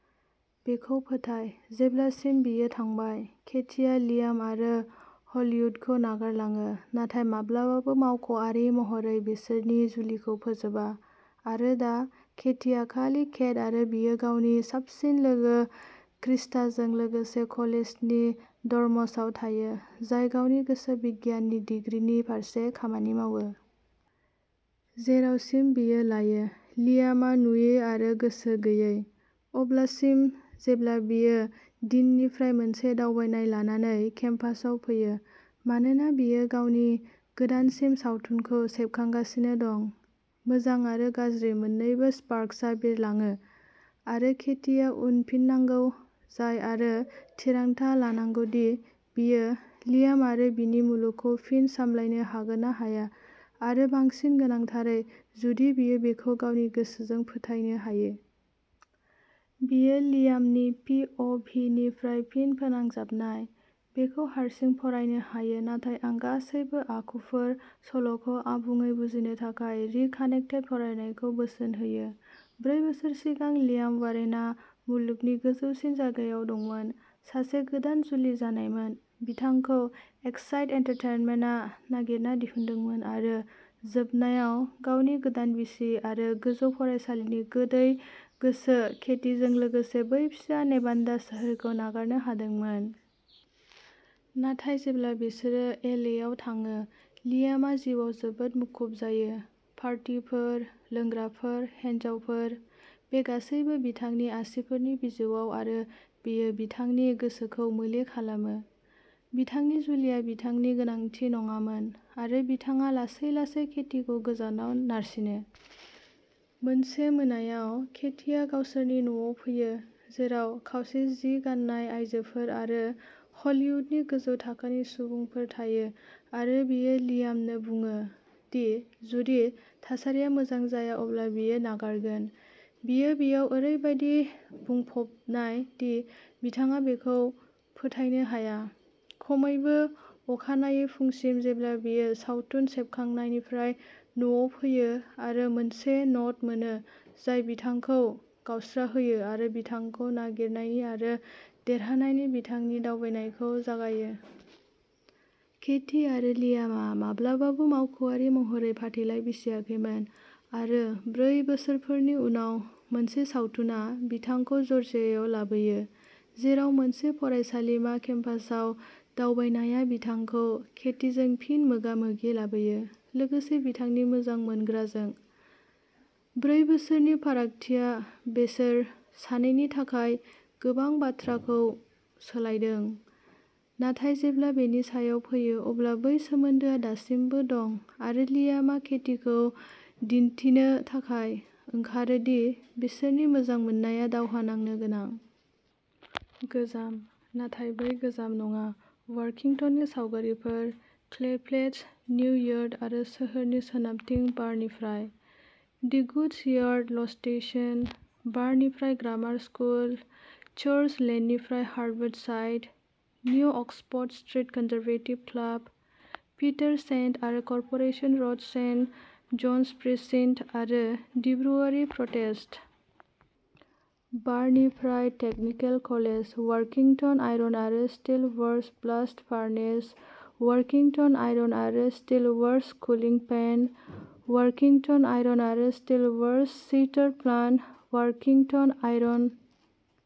बिखौ फोथाय, जेब्लासिम बियो थांबाय। केटिआ लियाम आरो हलीवुडखौ नागारलाङो, नाथाय माब्लाबाबो मावख'आरि महरै बिसोरनि जुलिखौ फोजोबा। आरो दा, केटिआ खालि केट आरो बियो गावनि साबसिन लोगो क्रिस्टाजों लोगोसे कलेजनि डर्म्सआव थायो, जाय गावनि गोसो बिगियाननि दिग्रिनि फारसे खामानि मावो। जेरावसिम बियो लायो, लियामआ नुयि आरो गोसो गैयै, अब्लासिम जेब्ला बियो डीननिफ्राय मोनसे दावबायनाय लानानै केम्पासआव फैयो, मानोना बियो गावनि गोदानसिन सावथुनखौ सेबखांगासिनो दं। मोजां आरो गाज्रि मोन्नैबो स्पार्क्सआ बिरलाङो, आरो केटिआ उनफिननांगौ जायो आरो थिरांथा लानांगौ दि बियो लियाम आरो बिनि मुलुगखौ फिन सामलायनो हागोन ना हाया, आरो बांसिन गोनांथारै, जुदि बियो बिखौ गावनि गोसोजों फोथायनो हायो। बेयो लियामनि पि. अ. भि. निफ्राय फिन फोनांजाबनाय। बेखौ हारसिं फरायनो हायो नाथाय आं गासैबो आखुफोर/सल'खौ आबुङै बुजिनो थाखाय रिकनेक्टेड फरायनायखौबो बोसोन होयो। ब्रै बोसोर सिगां लियाम वारेनआ मुलुगनि गोजौसिन जायगायाव दंमोन। सासे गोदान जुलि जानायमोन, बिथांखौ एक्साइट एन्टारटेनमेन्टआ नागिरना दिहुनदोंमोन आरो जोबनायाव गावनि गोदान बिसि आरो गोजौ फरायसालिनि गोदै गोसो केटीजों लोगोसे बै फिसा नेभाडा सोहोरखौ नागारनो हादोंमोन। नाथाय जेब्ला बिसोरो एल. ए. आव थाङो, लियामआ जिउआव जोबोद मुखुब जायो। पार्टीफोर, लोंग्राफोर, हिनजावफोर। बे गासैबो बिथांनि आसिफोरनि बिजौआव आरो बेयो बिथांनि गोसोखौ मोले खालामो, बिथांनि जुलिया बिथांनि गोनांथि नङामोन आरो बिथाङा लासै-लासै केटीखौ गोजानाव नारसिनो। मोनसे मोनायाव, केटीआ गावसोरनि न'आव फैयो, जेराव खावसे जि गान्नाय आयजोफोर आरो हलीवुडनि गोजौ थाखोनि सुबुंफोर थायो आरो बियो लियामनो बुङो दि जुदि थासारिया मोजां जाया अब्ला बियो नागारगोन। बियो बेयाव ओरैबादि बुंफबनाय दि बिथाङा बिखौ फोथायनो हाया, खमैबो अखानायै फुंसिम जेब्ला बियो सावथुन सेबखांनायनिफ्राय न'आव फैयो आरो मोनसे न'ट मोनो जाय बिथांखौ गावस्राहोयो आरो बिथांखौ नागिरनायनि आरो देरनायनि बिथांनि दावबायनायखौ जागायो। केटी आरो लियामआ माब्लाबाबो मावख'आरि महरै फाथैलाइ बिसियाखैमोन, आरो ब्रै बोसोरफोरनि उनाव मोनसे सावथुना बिथांखौ जर्जियायाव लाबोयो, जेराव मोनसे फरायसालिमा केम्पासआव दावबायनाया बिथांखौ केटीजों फिन मोगा-मोगि लाबोयो, लोगोसे बिथांनि मोजां मोनग्राजों। ब्रै बोसोरनि फारागथिया बिसोर सानैनि थाखाय गोबां बाथ्राफोरखौ सोलायदों, नाथाय जेब्ला बेनि सायाव फैयो, अब्ला बै सोमोन्दोआ दासिमबो दं आरो लियामआ केटीखौ दिन्थिनो थाखाय ओंखारो दि बिसोरनि मोजां मोननाया दावहा नांनो गोनां। गोजाम, नाथाय बै गोजाम नङा, वर्किङटननि सावगारिफोर। क्ले फ्लेटस, निउ यार्ड आरो सोहोरनि सोनाबथिं बारनिफ्राय। दि गुडस यार्ड, ल'स्टेशन। बारनिफ्राय ग्रामार स्कुल। चार्च लेननिफ्राय harbour side. New Oxford street conservative club. Peter saint आरो corporation road saint John's precinct आरो दि ब्रुअरी प्रटेस्ट,। बारनिफ्राय टेकनिकेल कलेज। वर्किङटन आयरन आरो steel works blast furnace. Workington iron आरो steel works cooling ponds. Workington iron आरो steel works sinter plant. Workington iron